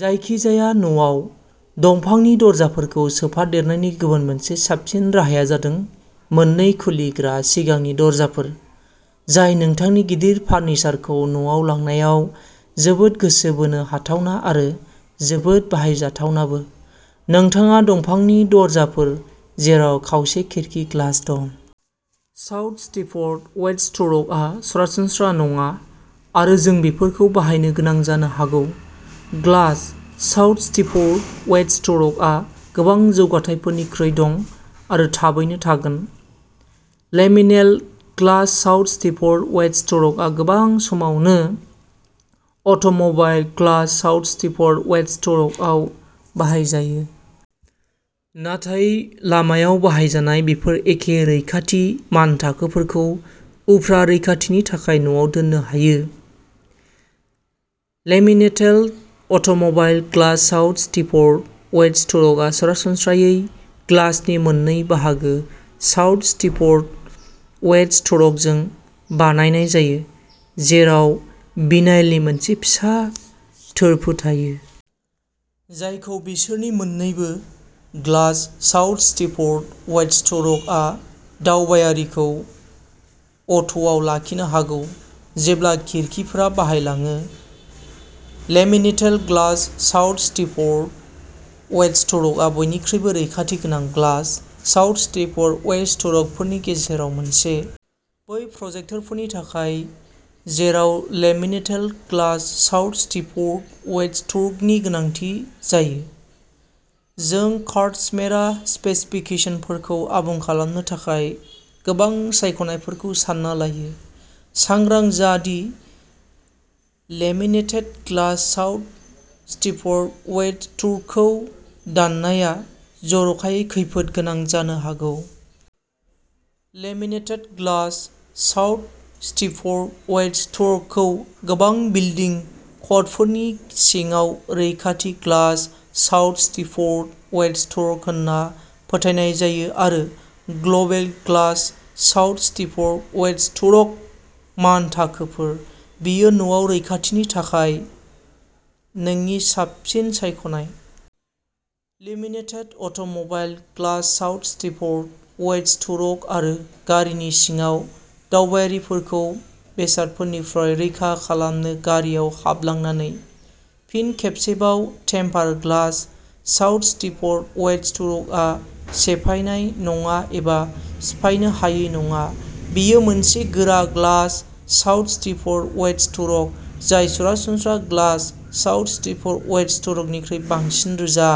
जायखिजाया न'आव। दंफांनि दरजाफोरखौ सोफादेरनायनि गुबुन मोनसे साबसिन राहाया जादों मोननै खुलिग्रा सिगांनि दरजाफोर। जाय नोंथांनि गिदिर फारनिचारखौ न'आव लांनायाव जोबोद गोसो बोनो हाथावना आरो जोबोद बाहायजाथावबो। नोंथाङा दंफांनि दरजाफोर जेराव खावसे खिरखि ग्लास दं। साउथ स्टिफ'र्ड, वेस्ट थुर'क आ सरासनस्रा नङा आरो जों बेफोरखौ बानायनो गोनां जानो हागौ। Glass South Stifford, West Thurrock, आ गोबां जौथायफोरनिफ्राय दं आरो थाबैनो थागोन। Laminated glass South Stifford, West Thurrock, आ गोबां समावनो automobile glass South Stifford, West Thurrock, आव बाहायजायो। नाथाय लामायाव बाहायजानाय बेफोर एखे रैखाथि मानथाखोफोरखौ उफ्रा रैखाथिनि थाखाय न'आव दोननो हायो। Laminated automobile glass South Stifford, West Thurrock आ सरासनस्रायै ग्लासनि मोननै बाहागो साउथ स्टिफ'र्ड, वेस्ट थुर'क जों बानायनाय जायो। जेराव भिनाइलनि मोनसे फिसा थोरफो थायो। जायखौ बिसोरनि मोननैबो। Glass South Stifford, West Thurrock आ दावबायारिखौ अट'आव लाखिनो हागौ। जेब्ला खिरखिफोरा बायलाङो। Laminated glass South Stifford, West Thurrock आ बयनिख्रुइबो रैखाथि गोनां glass South Stifford, West Thurrock फोरनि गेजेराव मोनसे। बै प्रजेक्टफोरनि थाखाय जेराव laminated glass South Stifford, West Thurrock नि गोनांथि जायो। जों कास्टमेरा स्पेसिफिकेसनफोरखौ आबुं खालामनो थाखाय गोबां सायख'नायफोरखौ सानना लायो। सांग्रां जा दि laminated glass South Stifford, West Thurrock खौ दाननाया जर'खायै खैफोद गोनां जानो हागौ। Laminated glass South Stifford, West Thurrock खौ गोबां बिल्डिं क'डफोरनि सिङाव रैखाथि glass South Stifford, West Thurrock होनना फोथायनाय जायो आरो global glass South Stifford, West Thurrock मानथाखोफोर। बेयो न'आव रैखाथिनि थाखाय नोंनि साबसिन सायख'नाय। Laminated automobile glass South Stifford, West Thurrock आबो गारिनि सिङाव दावबायारिफोरखौ बेसादफोरनिफ्राय रैखा खालामनो गारिआव हाबलांनानै। फिन खेबसेबाव, टेम्पार ग्लास साउथ स्टिफफर्ड, वेस्ट थुरकआ सेफायनाय नङा एबा सिफायनो हायै नङा। बेयो मोनसे गोरा glass South Stifford, West Thurrock, जाय सरासनस्रा ग्लास साउथ स्टिफफर्ड, वेस्ट थुरकनिख्रुइ बांसिन रोजा।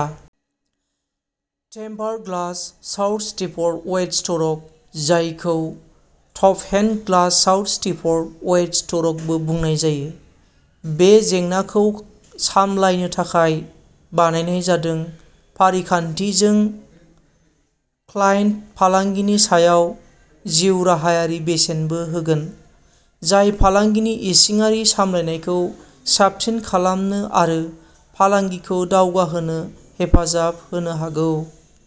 टेम्पार glass South Stifford, West Thurrock जायखौ टफहेन ग्लास साउथ स्टिफफोर्ड, वेस्ट थुरकबो बुंनाय जायो। बे जेंनाखौ सामलायनो थाखाय बानायनाय जादों। फारिखान्थि जों क्लायन्ट फालांगिनि सायाव जिउराहायारि बेसोनबो होगोन। जाय फालांगिनि इसिङारि सामलायनायखौ साबसिन खालामनो आरो फालांगिखौ दावगाहोनो हेफाजाब होनो हागौ।